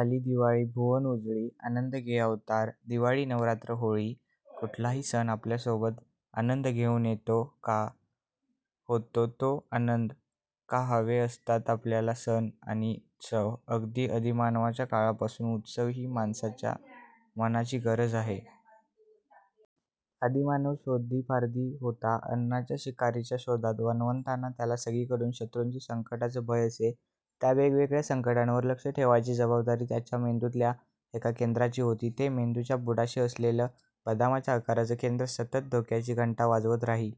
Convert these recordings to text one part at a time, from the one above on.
आली दिवाळी, भुवन उजळी, आनंद घे अवतार" दिवाळी, नवरात्र, होळी… कुठलाही सण आपल्यासोबत आनंद घेऊन येतो. का होतो तो आनंद? का हवे असतात आपल्याला सण आणि उत्सव? अगदी आदिमानवाच्या काळापासून उत्सव ही माणसाच्या मनाची गरज आहे. आदिमानव शोधीपारधी होता. अन्नाच्या, शिकारीच्या शोधात वणवणताना त्याला सगळीकडून शत्रूंचं, संकटांचं भय असे. त्या वेगवेगळ्या संकटांवर लक्ष ठेवायची जबाबदारी त्याच्या मेंदूतल्या एका केंद्राची होती. ते मेंदूच्या बुडाशी असलेलं बदामाच्या आकाराचं केंद्र सतत धोक्याची घंटा वाजवत राही.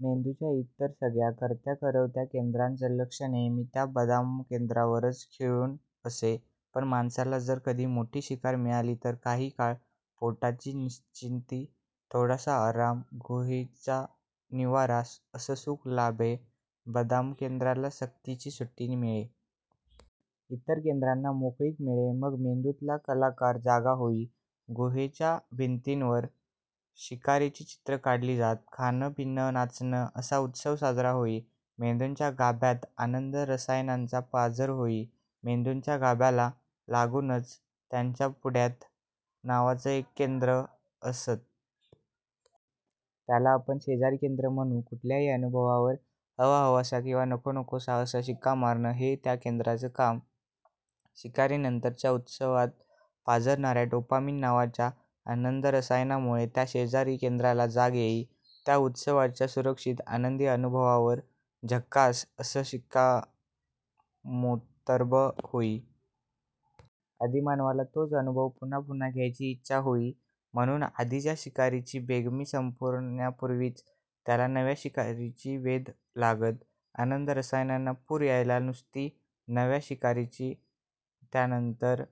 मेंदूच्या इतर सगळ्या कर्त्याकरवत्या केंद्रांचं लक्ष नेहमी त्या बदामकेंद्रावरच खिळून असे. पण माणसाला जर कधी मोठी शिकार मिळाली तर काही काळ पोटाची निश्चिंती, थोडासा आराम, गुहेचा निवारा असं सुख लाभे. बदामकेंद्राला सक्तीची सुट्टी मिळे. इतर केंद्रांना मोकळीक मिळे. मग मेंदूतला कलाकार जागा होई. गुहेच्या भिंतीवर शिकारीची चित्रं काढली जात. खाणं-पिणं-नाचणं असा उत्सव साजरा होई. मेंदूच्या गाभ्यात आनंद-रसायनांचा पाझर होई. मेंदूच्या गाभ्याला लागूनच, त्याच्या पुढ्यात नावाचं एक केंद्र असतं. त्याला आपण 'शेजारी' केंद्र म्हणू. कुठल्याही अनुभवावर 'हवाहवासा' किंवा 'नकोनकोसा' असा शिक्का मारणं, हे त्या केंद्राचं काम. शिकारीनंतरच्या उत्सवात पाझरणाऱ्या 'डोपामीन' नावाच्या आनंदरसायनामुळे त्या 'शेजारी' केंद्राला जाग येई. त्या उत्सवाच्या सुरक्षित, आनंदी अनुभवावर 'झक्कास' असं शिक्कामोर्तब होई. आदिमानवाला तोच अनुभव पुन्हा पुन्हा घ्यायची इच्छा होई. म्हणून आधीच्या शिकारीची बेगमी संपण्यापूर्वीच त्याला नव्या शिकारीचे वेध लागत. आनंद-रसायनांना पूर यायला नुसती नव्या शिकारीची, त्यानंतरच्या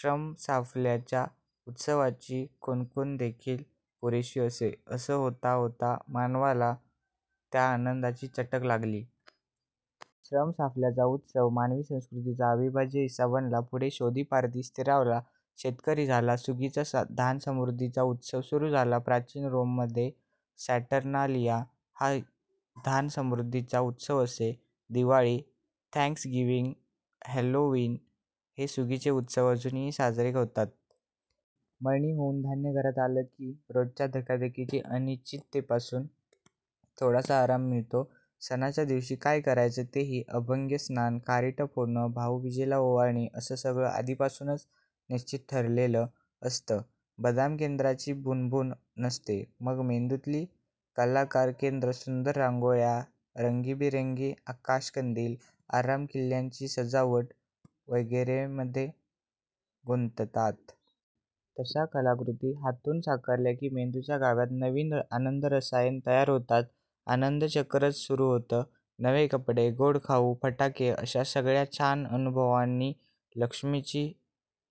श्रमसाफल्याच्या उत्सवाची कुणकुणदेखील पुरेशी असे. असं होता होता मानवाला त्या आनंदाची चटक लागली. श्रमसाफल्याचा उत्सव मानवी संस्कृतीचा अविभाज्य हिस्सा बनला. पुढे शोधीपारधी स्थिरावला, शेतकरी झाला. सुगीचा, धान्यसमृद्धीचा उत्सव सुरू झाला. प्राचीन रोममध्ये 'सॅटर्नालिया' हा धान्यसमृद्धीचा उत्सव असे. दिवाळी, थँक्सगिव्हिंग, हॅलोवीन हे सुगीचे उत्सव अजूनही साजरे होतात. मळणी होऊन धान्य घरात आलं की, रोजच्या धकाधकीच्या अनिश्चिततेपासून थोडासा आराम मिळतो. सणाच्या दिवशी काय करायचं तेही, अभ्यंगस्नान, कारिट फोडणं, भाऊबीजेला ओवाळणी असं सगळं आधीपासूनच निश्चित ठरलेलं असतं. बदामकेंद्राची भुणभुण नसते. मग मेंदूतली कलाकार केंद्रं सुंदर रांगोळ्या, रंगीबेरंगी आकाशकंदील, आरास, किल्ल्यांची सजावट वगैरेंमध्ये गुंगतात. तशा कलाकृती हातून साकारल्या की मेंदूच्या गाभ्यात नवी आनंदरसायनं तयार होतात. आनंदचक्रच सुरू होतं. नवे कपडे, गोड खाऊ, फटाके अशा सगळ्या छान अनुभवांनी, लक्ष्मीची,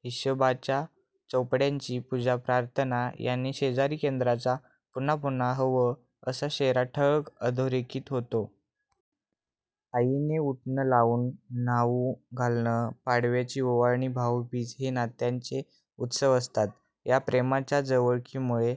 हिशेबाच्या चोपड्यांची पूजा, प्रार्थना यांनी 'शेजारी' केंद्राचा 'पुन्हा पुन्हा हवं' असा शेरा ठळक, अधोरेखित होतो. आईने उटणं लावून न्हाऊ घालणं, पाडव्याची ओवाळणी, भाऊबीज हे नात्यांचे उत्सव असतात. त्या प्रेमाच्या जवळिकीमुळे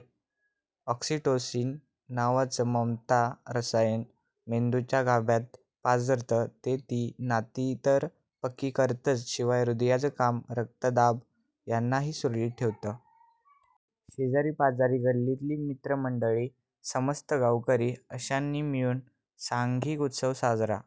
'ऑक्सिटोसिन' नावाचं ममता-रसायन मेंदूच्या गाभ्यात पाझरतं. ते ती नाती तर पक्की करतंच, शिवाय हृदयाचं काम, रक्तदाब यांनाही सुरळीत ठेवतं. शेजारीपाजारी, गल्लीतली मित्रमंडळी, समस्त गावकरी अशांनी मिळून सांघिक उत्सव साजरा...